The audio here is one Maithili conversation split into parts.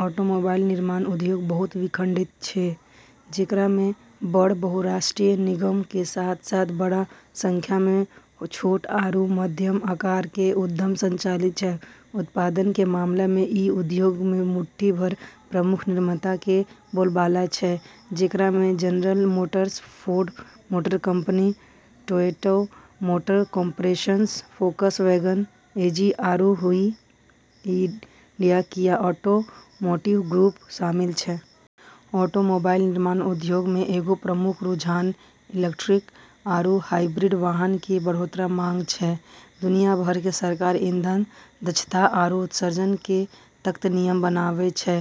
ऑटोमोबाइल निर्माण उद्योग बहुत विखंडित छै, जेकरा म॑ बड़ऽ बहुराष्ट्रीय निगमऽ के साथ-साथ बड़ऽ संख्या म॑ छोटऽ आरू मध्यम आकार के उद्यम संचालित छै। उत्पादन के मामला म॑ ई उद्योग म॑ मुट्ठी भर प्रमुख निर्माता के बोलबाला छै, जेकरा म॑ General Motors, Ford Motor Company, Toyota Motor Corporation, Volkswagen AG, आरू हुंडई-किया ऑटोमोटिव ग्रुप शामिल छै। ऑटोमोबाइल निर्माण उद्योग मँ एगो प्रमुख रुझान इलेक्ट्रिक आरू हाइब्रिड वाहन के बढ़तौ मांग छै। दुनिया भर के सरकार ईंधन दक्षता आरू उत्सर्जन के सख्त नियम बनाबै छै,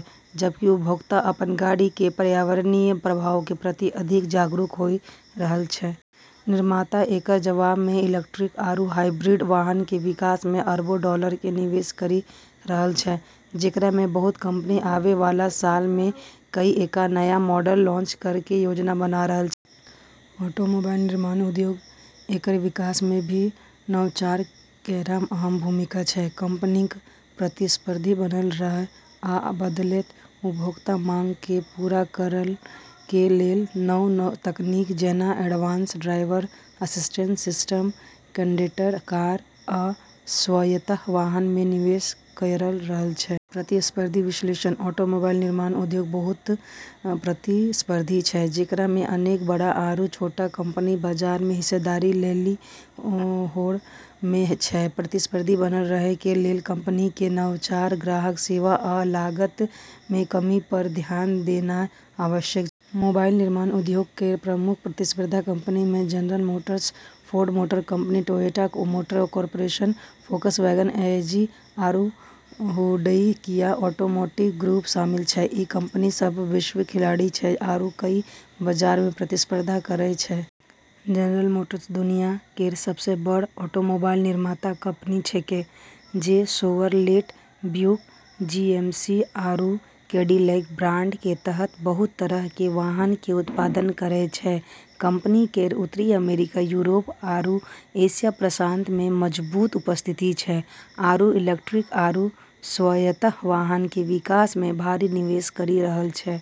जबकि उपभोक्ता अपनऽ गाड़ी के पर्यावरणीय प्रभाव के प्रति अधिक जागरूक होय रहलऽ छै। निर्माता एकरऽ जवाब म॑ इलेक्ट्रिक आरू हाइब्रिड वाहन के विकास म॑ अरबों डॉलर के निवेश करी रहलऽ छै, जेकरा म॑ बहुत कंपनी आबै वाला सालऽ म॑ कईएक नया मॉडल लॉन्च करै के योजना बना रहलऽ छै। ऑटोमोबाइल निर्माण उद्योग केरऽ विकास म॑ भी नवाचार केरऽ अहम भूमिका छै। कंपनीक प्रतिस्पर्धी बनल रहय आ बदलैत उपभोक्ता मांग कें पूरा करय कें लेल नव तकनीक, जेना advance driver assistance system, connected car, आ स्वायत्त वाहन मे निवेश कयर रहल छै. प्रतिस्पर्धी विश्लेषण: ऑटोमोबाइल निर्माण उद्योग बहुत प्रतिस्पर्धी छै, जेकरा म॑ अनेक बड़ऽ आरू छोटऽ कंपनी बाजार म॑ हिस्सेदारी लेली होड़ म॑ छै। प्रतिस्पर्धी बनल रहय कें लेल कंपनीक कें नवाचार, ग्राहक सेवा, आ लागत मे कमी पर ध्यान देनाय आवश्यक छै. ऑटोमोबाइल निर्माण उद्योग केरऽ प्रमुख प्रतिस्पर्धी कंपनी म॑ General Motors, Ford Motor Company, Toyota Motor Corporation, Volkswagen AG, आरू हुंडई-किया ऑटोमोटिव ग्रुप शामिल छै। ई कंपनी सब वैश्विक खिलाड़ी छै आरू कई बाजारऽ म॑ प्रतिस्पर्धा करै छै। जनरल मोटर्स दुनिया केरऽ सबसें बड़ऽ ऑटोमोबाइल निर्माता कंपनी छेकै, जे शेवरलेट, ब्यूक, जीएमसी, आरू कैडिलैक ब्रांड के तहत बहुत तरह के वाहन के उत्पादन करै छै। कंपनी केरऽ उत्तरी अमेरिका, यूरोप, आरू एशिया-प्रशांत म॑ मजबूत उपस्थिति छै, आरू इलेक्ट्रिक आरू स्वायत्त वाहन के विकास म॑ भारी निवेश करी रहलऽ छै।